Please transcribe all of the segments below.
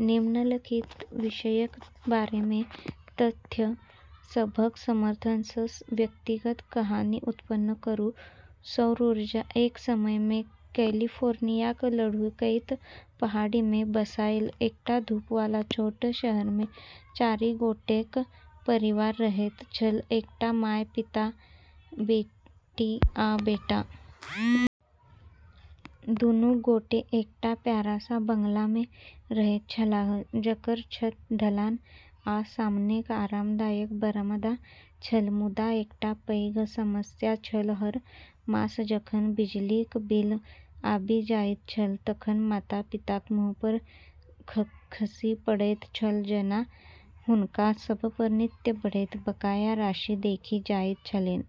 निम्नलिखित विषयक बारेमे तथ्य सभक समर्थनसँ व्यक्तिगत कहानी उत्पन्न करू सौर ऊर्जा एक समयमे कैलिफोर्नियाक लुढ़कैत पहाड़ीमे बसाएल एकटा धूप वाला छोट शहरमे चारि गोटेक परिवार रहैत छल: एकटा माय, पिता, बेटी आ बेटा। दुनू गोटे एकटा प्यारा सा बंगलामे रहैत छलाह, जकर छत ढलान आ सामनेक आरामदायक बरामदा छल। मुदा एकटा पैघ समस्या छल हर मास जखन बिजलीक बिल आबि जाइत छल तखन माता-पिताक मुँहपर खसि पड़ैत छल जेना हुनका सभपर नित्य बढ़ैत बकाया राशि देखि जाइत छलैन।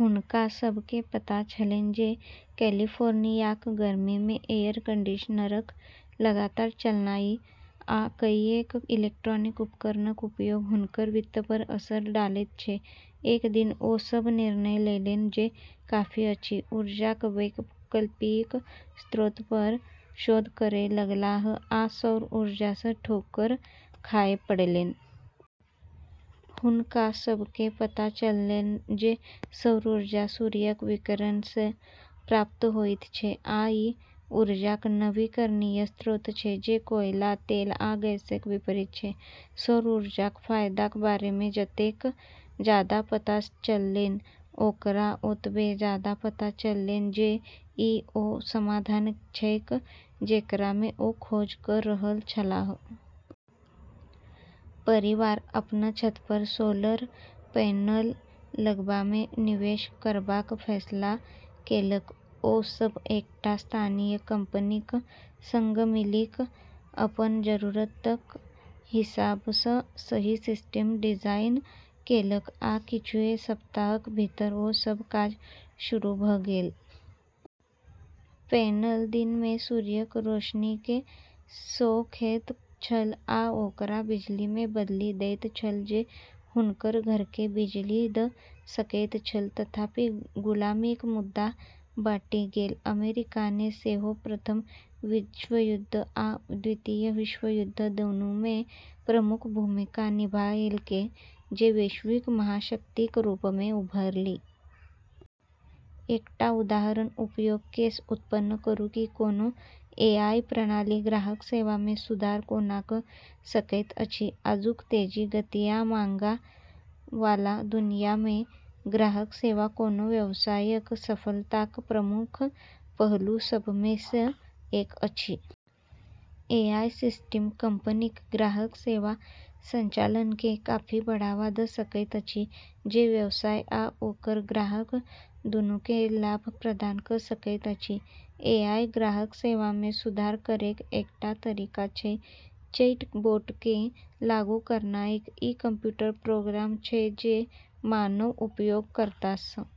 हुनका सभकेँ पता छलैन जे कैलिफोर्नियाक गर्मीमे एयर कंडीशनरक लगातार चलनाइ आ कईएक इलेक्ट्रॉनिक उपकरणक उपयोग हुनकर वित्तपर असर डालैत छै। एक दिन, ओ सभ निर्णय लेलैन जे काफी अछि। ऊर्जाक वैकल्पिक स्रोतपर शोध करै लगलाह, आ सौर ऊर्जासँ ठोकर खाय पड़लैन। हुनका सभकेँ पता चललैन जे सौर ऊर्जा सूर्यक विकिरणसँ प्राप्त होइत छै आ ई ऊर्जाक नवीकरणीय स्रोत छै, जे कोयला, तेल आ गैसक विपरीत छै। सौर ऊर्जाक फायदाक बारेमे जतेक जादा पता चललैन, ओकरा ओतबे जादा पता चललैन जे ई ओ समाधान छैक जेकरामे ओ खोज कऽ रहल छलाह। परिवार अपन छतपर सोलर पैनल लगेबामे निवेश करबाक फैसला केलक। ओ सभ एकटा स्थानीय कंपनीक संग मिलि कऽ अपन जरूरतक हिसाबसँ सही सिस्टम डिजाइन केलक, आ किछुए सप्ताहक भीतर ओ सभ काज शुरू भऽ गेल। पैनल दिनमे सूर्यक रोशनीकेँ सोखैत छल, आ ओकरा बिजलीमे बदलि दैत छल जे हुनकर घरकेँ बिजली दऽ सकैत छल। तथापि, गुलामीक मुद्दा बँटि गेल। अमेरिकाने सेहो प्रथम विश्वयुद्ध आ द्वितीय विश्वयुद्ध दोनूमे प्रमुख भूमिका निभाएलकै, जे वैश्विक महाशक्तिक रूपमे उभरलै। एकटा उदाहरण उपयोग केस उत्पन्न करू कि कोनो एआई प्रणाली ग्राहक सेवामे सुधार कोना कऽ सकैत अछि। आजुक तेज गति आ मांग वाला दुनियामे ग्राहक सेवा कोनो व्यवसायक सफलताक प्रमुख पहलू सभमेसँ एक अछि। एआई सिस्टम कंपनीक ग्राहक सेवा संचालनकेँ काफी बढ़ावा दऽ सकैत अछि, जे व्यवसाय आ ओकर ग्राहक दूनूकेँ लाभ प्रदान कऽ सकैत अछि। एआई ग्राहक सेवामे सुधार करैक एकटा तरीका छै चैटबोटकेँ लागू करनाइ। ई कंप्यूटर प्रोग्राम छै जे मानव उपयोगकर्तासँ